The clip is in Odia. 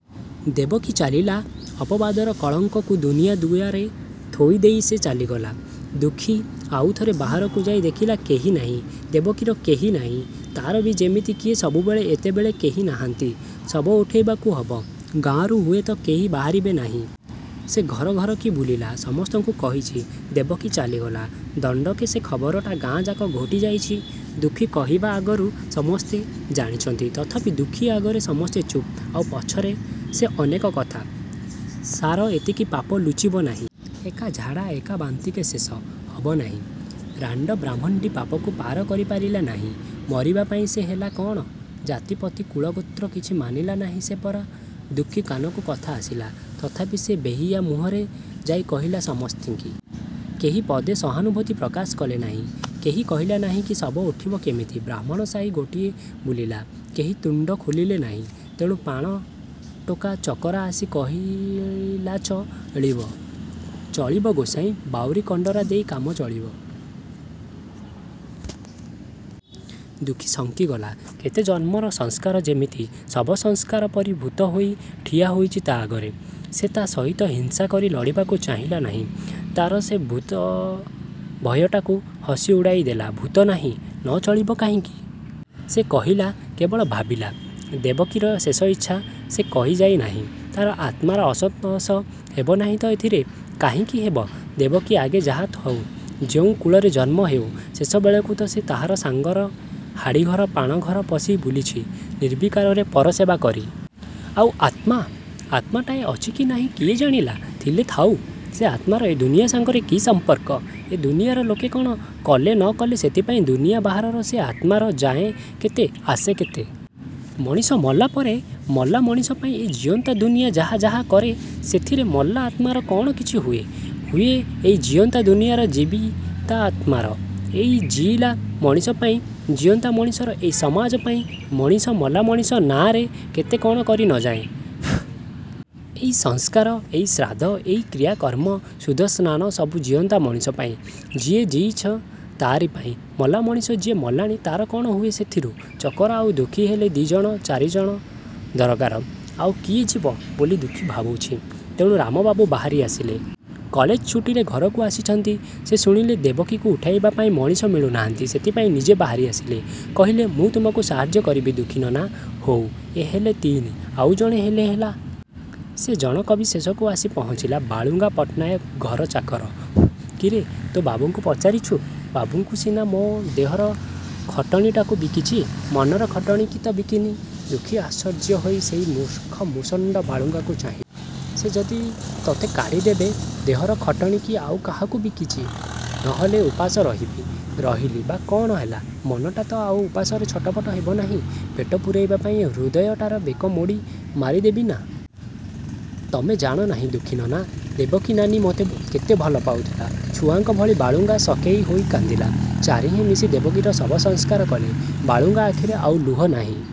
ଦେବକୀ ଚାଲିଲା। ଅପବାଦର କଳଙ୍କକୁ ଦୁନିଆ ଦୁଆରେ ଥୋଇ ଦେଇ ସେ ଚାଲିଗଲା। ଦୁଃଖୀ ଆଉଥରେ ବାହାରକୁ ଯାଇ ଦେଖିଲା କେହି ନାହିଁ। ଦେବକୀର କେହି ନାହିଁ। ତା'ରବି ଯେମିତି କିଏ ସବୁବେଳେ ଏତେବେଳେ କେହି ନାହାନ୍ତି। ଶବ ଉଠେଇବାକୁ ହବ। ଗାଁରୁ ହୁଏତ କେହି ବାହାରିବେ ନାହିଁ। ସେ ଘର ଘର କି ବୁଲିଲା। ସମସ୍ତଙ୍କୁ କହିଚି 'ଦେବକୀ ଚାଲିଗଲା। 'ଦଣ୍ଡକେ ସେ ଖବରଟା ଗାଁଯାକ ଘୋଟି ଯାଇଚି । ଦୁଃଖୀ କହିବା ଆଗରୁ ସମସ୍ତେ ଜାଣିଛନ୍ତି। ତଥାପି ଦୁଃଖୀ ଆଗରେ ସମସ୍ତେ ଚୁପ୍-। ଆଉ ପଛରେ? ସେ ଅନେକ କଥା। ସାର ଏତିକି ପାପ ଲୁଚିବ ନାହିଁ। ଏକା ଝାଡ଼ା ଏକା ବାନ୍ତିକେ ଶେଷ। ହବ ନାହିଁ? ରାଣ୍ଡ ବ୍ରାହ୍ମଣ୍ଡୀ ପାପକୁ ପାର କରି ପାରିଲା ନାହିଁ । ମରିବାପାଇଁ ସେ ହେଲା କ'ଣ? ଜାତି ପତି କୁଳଗୋତ୍ର କିଛି ମାନିଲା ନାହିଁ ସେ ପରା-! ଦୁଃଖୀ କାନକୁ କଥା ଆସିଲା। ତଥାପି ସେ ବେହିଆ ମୁହଁରେ ଯାଇ କହିଲା ସମସ୍ତିଙ୍କି-। କେହି ପଦେ ସହାନୁଭୂତି ପ୍ରକାଶ କଲେ ନାହିଁ। କେହି କହିଲା ନାହିଁ କି ଶବ ଉଠିବ କିମିତି । ବ୍ରାହ୍ମଣ ସାହି ଗୋଟିଏ ବୁଲିଲା। କେହି ତୁଣ୍ଡ ଖୋଲିଲେ ନାହିଁ। ତେଣୁ ପାଣ ଟୋକା ଚକରା ଆସି କହିଲାଚ ଳିବ? ''ଚଳିବ ଗୋସାଇଁ। ବାଉରି କଣ୍ଡରା ଦେଇ କାମ ଚଳିବ? '' ଦୁଃଖୀ ଶଙ୍କିଗଲା। କେତେ ଜନ୍ମର ସଂସ୍କାର ଯେମିତି ଶବ ସଂସ୍କାର ପରି ଭୂତ ହେଇ ଠିଆ ହେଇଛି ତା' ଆଗରେ। ସେ ତା' ସହିତ ହିଂସା କରି ଲଢ଼ିବାକୁ ଚାହିଁଲା ନାହିଁ। ତା'ର ସେ ଭୂତଭୟଟାକୁ ହସି ଉଡ଼ାଇ ଦେଲା–ଭୂତ ନାହିଁ। ''ନ ଚଳିବ କାହିଁକି? ସେ କହିଲା। କେବଳ ଭାବିଲା, ଦେବକୀର ଶେଷଇଚ୍ଛା ସେ କହିଯାଇ ନାହିଁ। ତା'ର ଆତ୍ମାର ଅସନ୍ତୋଷ ହେବ ନାହିଁ ତ ଏଥିରେ। କାହିଁକି ହେବ? ଦେବକୀ ଆଗେ ଯାହା ଥାଉ, ଯେଉଁ କୁଳରେ ଜନ୍ମ ହେଉ, ଶେଷବେଳକୁ ତ ସେ ତାହାରି ସାଙ୍ଗରେ ହାଡ଼ିଘର ପାଣ ଘର ପଶି ବୁଲିଛି ନିର୍ବିକାରରେ ପର ସେବା କରି। ଆଉ ଆତ୍ମା! ଆତ୍ମାଟାଏ ଅଛି କି ନାହିଁ କିଏ ଜାଣିଲା। ଥିଲେ ଥାଉ। ସେ ଆତ୍ମାର ଏ ଦୁନିଆ ସାଙ୍ଗରେ କି ସମ୍ପର୍କ। ଏ ଦୁନିଆର ଲୋକେ କ'ଣ କଲେ ନ କଲେ ସେଥିପାଇଁ ଦୁନିଆ ବାହାରର ସେ ଆତ୍ମାର ଯାଏଁ କେତେ ଆସେ କେତେ! ମଣିଷ ମଲା ପରେ ମଲା ମଣିଷପାଇଁ ଏ ଜିଅନ୍ତା ଦୁନିଆ ଯାହା ଯାହା କରେ ସେଥିରେ ମଲା ଆତ୍ମାର କ'ଣ କିଛି ହୁଏ? ହୁଏ ଏଇ ଜିଅନ୍ତା ଦୁନିଆର ଜୀବିତାତ୍ମାର। ଏଇ ଜିଇଲା ମଣିଷପାଇଁ, ଜିଅନ୍ତା ମଣିଷର ଏଇ ସମାଜପାଇଁ ମଣିଷ ମଲାମଣିଷ ନାଆଁରେ କେତେ କ'ଣ କରି ନ ଯାଏଁ! ଏଇ ସଂସ୍କାର, ଏଇ ଶ୍ରାଦ୍ଧ, ଏଇ କ୍ରିୟା କର୍ମ, ଶୁଦ୍ଧ ସ୍ନାନ ସବୁ ଜିଅନ୍ତା ମଣିଷପାଇଁ–ଯିଏ ଜିଇଛି ତା'ରିପାଇଁ। ମଲା ମଣିଷ ଯିଏ ମଲାଣି ତା'ର କ'ଣ ହୁଏ ସେଥିରୁ? ଚକରା ଆଉ ଦୁଃଖୀ ହେଲେ ଦି'ଜଣ ଚାରିଜଣ ଦରକାର। ଆଉ କିଏ ଯିବ ବୋଲି ଦୁଃଖୀ ଭାବୁଛି, ତେଣୁ ରାମବାବୁ ବାହାରି ଆସିଲେ। କଲେଜ ଛୁଟିରେ ଘରକୁ ଆସିଛନ୍ତି। ସେ ଶୁଣିଲେ ଦେବକୀକୁ ଉଠାଇବା ପାଇଁ ମଣିଷ ମିଳୁ ନାହାନ୍ତି। ସେଥିପାଇଁ ନିଜେ ବାହାରି ଆସିଲେ । କହିଲେ, ''ମୁଁ ତମକୁ ସାହାଯ୍ୟ କରିବି ଦୁଃଖୀ ନନା। '' ହୋଉ। ଏ ହେଲେ ତିନି। ଆଉ ଜଣେ ହେଲେ ହେଲା। ସେ ଜଣକବି ଶେଷକୁ ଆସି ପହଞ୍ଚିଲା ବାଳୁଙ୍ଗା ପଟ୍ଟନାୟକ ଘର ଚାକର। ''କିରେ, ତୋ ବାବୁଙ୍କୁ ପଚାରିଛୁ? '' ''ବାବୁଙ୍କୁ ସିନା ମୋ ଦେହର ଖଟଣିଟାକୁ ବିକିଚି ମନର ଖଟଣି କି ତ ବିକିନି। '' ଦୁଃଖୀ ଆଶ୍ଚର୍ଯ୍ୟ ହେଇ ସେଇ ମୂର୍ଖମୁଷଣ୍ଡ ବାଳୁଙ୍ଗାକୁ ଚାହିଁଲା। ''ସେ ଯଦି ତୋତେ କାଢ଼ି ଦେବେ'' ''ଦେହର ଖଟଣି କି ଆଉ କାହାକୁ ବିକିଚି। ନହେଲେ ଉପାସ ରହିବି। ରହିଲି ବା କ'ଣ ହେଲା! ମନଟା ତ ଆଉ ଉପାସରେ ଛଟପଟ ହେବ ନାହିଁ। ପେଟ ପୂରେଇବା ପାଇଁ ଏ ହୃଦୟଟାର ବେକମୋଡ଼ି ମାରି ଦେବିନା! ତମେ ଜାଣ ନାହିଁ ଦୁଃଖୀ ନନା, ଦେବକୀ ନାନୀ ମୋତେ କେତେ ଭଲ ପାଉଥିଲା। '' ଛୁଆଙ୍କ ଭଳି ବାଳୁଙ୍ଗା ସକେଇ ହୋଇ କାନ୍ଦିଲା। ଚାରିହେଁ ମିଶି ଦେବକୀର ଶବ ସଂସ୍କାର କଲେ। ବାଳୁଙ୍ଗା ଆଖିରେ ଆଉ ଲୁହ ନାହିଁ।